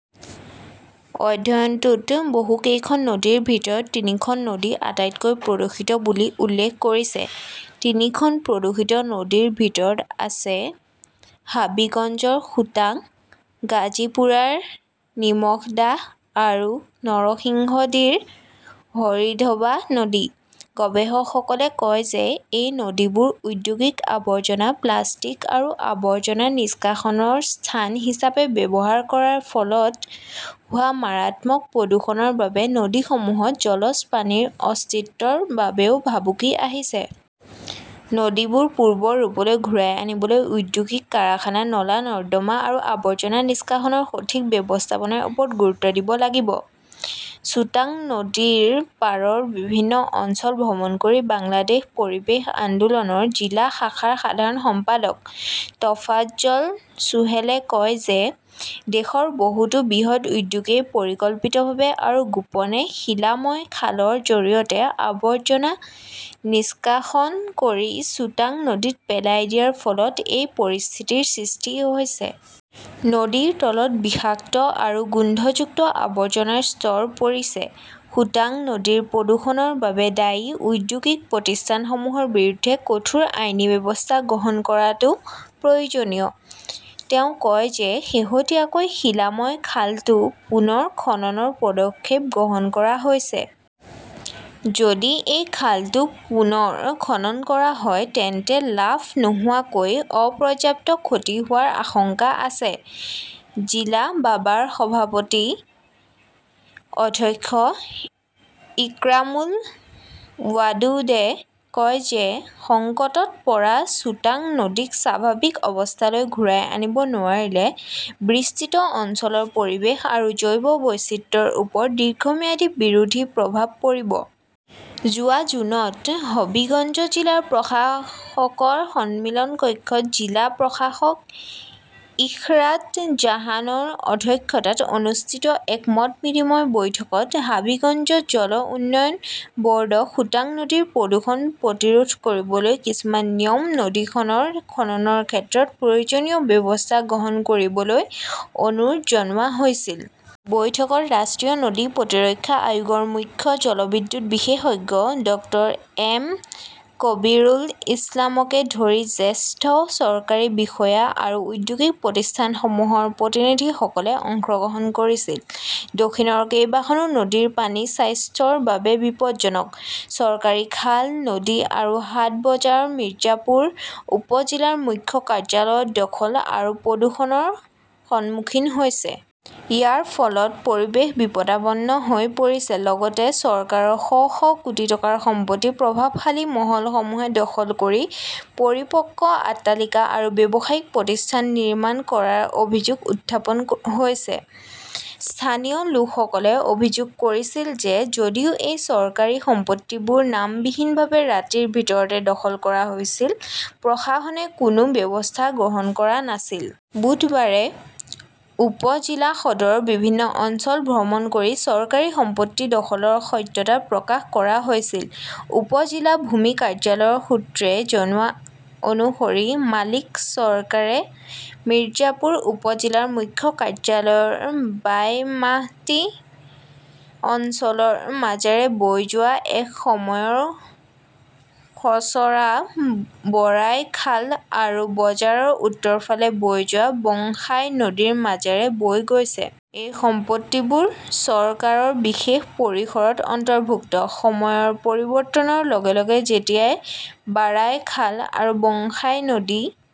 অধ্যয়নটোত বহু কেইখন নদীৰ ভিতৰত তিনিখন নদীক আটাইতকৈ প্ৰদূষিত বুলি উল্লেখ কৰিছে। তিনি খন প্ৰদূষিত নদীৰ ভিতৰত আছে হাবিগঞ্জৰ সুতাং, গাজীপুৰৰ নিমখদাহ আৰু নৰসিংডীৰ হৰিধৱা নদী। গৱেষকসকলে কয় যে এই নদীবোৰ ঔদ্যোগিক আৱৰ্জনা, প্লাষ্টিক আৰু আৱৰ্জনা নিষ্কাশনৰ স্থান হিচাপে ব্যৱহাৰ কৰাৰ ফলত হোৱা মাৰাত্মক প্ৰদূষণৰ বাবে নদীসমূহত জলজ প্ৰাণীৰ অস্তিত্বৰ বাবেও ভাবুকি আহিছে। নদীবোৰ পূৰ্বৰ ৰূপলৈ ঘূৰাই আনিবলৈ ঔদ্যোগিক কাৰখানা, নলা-নৰ্দমা আৰু আৱৰ্জনা নিষ্কাশনৰ সঠিক ব্যৱস্থাপনাৰ ওপৰত গুৰুত্ব দিব লাগিব। চুটাঙ নদীৰ পাৰৰ বিভিন্ন অঞ্চল ভ্ৰমণ কৰি বাংলাদেশ পৰিৱেশ আন্দোলনৰ জিলা শাখাৰ সাধাৰণ সম্পাদক টফাজ্জল চোহেলে কয় যে দেশৰ বহুতো বৃহৎ উদ্যোগই পৰিকল্পিতভাৱে আৰু গোপনে শিলাময় খালৰ জৰিয়তে আৱৰ্জনা নিষ্কাশন কৰি চুটাঙ নদীত পেলাই দিয়াৰ ফলত এই পৰিস্থিতিৰ সৃষ্টি হৈছে। নদীৰ তলত বিষাক্ত আৰু গোন্ধযুক্ত আৱৰ্জনাৰ স্তৰ পৰিছে। সুতাং নদীৰ প্ৰদূষণৰ বাবে দায়ী ঔদ্যোগিক প্ৰতিষ্ঠানসমূহৰ বিৰুদ্ধে কঠোৰ আইনী ব্যৱস্থা গ্ৰহণ কৰাটো প্ৰয়োজনীয়। তেওঁ কয় যে শেহতীয়াকৈ শিলাময় খালটো পুনৰ খননৰ পদক্ষেপ গ্ৰহণ কৰা হৈছে। যদি এই খালটো পুনৰ খনন কৰা হয় তেন্তে লাভ নোহোৱাকৈ অপৰ্যাপ্ত ক্ষতি হোৱাৰ আশংকা আছে। জিলা বাবাৰ সভাপতি অধ্যক্ষ ইক্ৰামুল ৱাদুদে কয় যে সংকটত পৰা ছুটাঙ নদীক স্বাভাৱিক অৱস্থালৈ ঘূৰাই আনিব নোৱাৰিলে বিস্তৃত অঞ্চলৰ পৰিৱেশ আৰু জৈৱ বৈচিত্ৰ্যৰ ওপৰত দীৰ্ঘম্যাদী বিৰোধী প্ৰভাৱ পৰিব। যোৱা জুনত হবীগঞ্জ জিলা প্ৰশাসকৰ সন্মিলন কক্ষত জিলা প্ৰশাসক ইশৰাট জাহানৰ অধ্যক্ষতাত অনুষ্ঠিত এক মত বিনিময় বৈঠকত হবীগঞ্জ জল উন্নয়ন ব'ৰ্ডক সুতাং নদীৰ প্ৰদূষণ প্ৰতিৰোধ কৰিবলৈ কিছুমান নিয়ম নদীখনৰ খননৰ ক্ষেত্ৰত প্ৰয়োজনীয় ব্যৱস্থা গ্ৰহণ কৰিবলৈ অনুৰোধ জনোৱা হৈছিল। বৈঠকত ৰাষ্ট্ৰীয় নদী প্ৰতিৰক্ষা আয়োগৰ মুখ্য জলবিদ্যুৎ বিশেষজ্ঞ ড. এম. কবীৰুল ইছলামকে ধৰি জ্যেষ্ঠ চৰকাৰী বিষয়া আৰু ঔদ্যোগিক প্ৰতিষ্ঠানসমূহৰ প্ৰতিনিধিসকলে অংশগ্ৰহণ কৰিছিল। দক্ষিণৰ কেইবাখনো নদীৰ পানী স্বাস্থ্যৰ বাবে বিপদজনক । চৰকাৰী খাল, নদী আৰু হাটবাজাৰ মিৰ্জাপুৰ উপ-জিলাৰ মুখ্য কাৰ্যালয়ত দখল আৰু প্ৰদূষণৰ সন্মুখীন হৈছে। ইয়াৰ ফলত পৰিৱেশ বিপদাপন্ন হৈ পৰিছে। লগতে চৰকাৰৰ শ শ কোটি টকাৰ সম্পত্তি প্ৰভাৱশালী মহলসমূহে দখল কৰি পৰিপক্ক অট্টালিকা আৰু ব্যৱসায়িক প্ৰতিষ্ঠান নিৰ্মাণ কৰাৰ অভিযোগ উত্থাপন হৈছে। স্থানীয় লোকসকলে অভিযোগ কৰিছিল যে যদিও এই চৰকাৰী সম্পত্তিবোৰ নামবিহীনভাৱে ৰাতিৰ ভিতৰতে দখল কৰা হৈছিল, প্ৰশাসনে কোনো ব্যৱস্থা গ্ৰহণ কৰা নাছিল। বুধবাৰে উপ-জিলা সদৰৰ বিভিন্ন অঞ্চল ভ্ৰমণ কৰি চৰকাৰী সম্পত্তিৰ দখলৰ সত্যতা প্ৰকাশ কৰা হৈছিল। উপ-জিলা ভূমি কাৰ্যালয়ৰ সূত্ৰই জনোৱা অনুসৰি, মালিক চৰকাৰে মিৰ্জাপুৰ উপ-জিলাৰ মুখ্য কাৰ্যালয়ৰ বাইমাহটি অঞ্চলৰ মাজেৰে বৈ যোৱা এক সময়ৰ খৰছৰা বৰাই খাল আৰু বজাৰৰ উত্তৰ ফালে বৈ যোৱা বংশাই নদীৰ মাজেৰে বৈ গৈছে। এই সম্পত্তিবোৰ চৰকাৰৰ বিশেষ পৰিসৰত অন্তৰ্ভুক্ত। সময়ৰ পৰিৱৰ্তনৰ লগে লগে, যেতিয়া বাৰাই খাল আৰু বংশাই নদী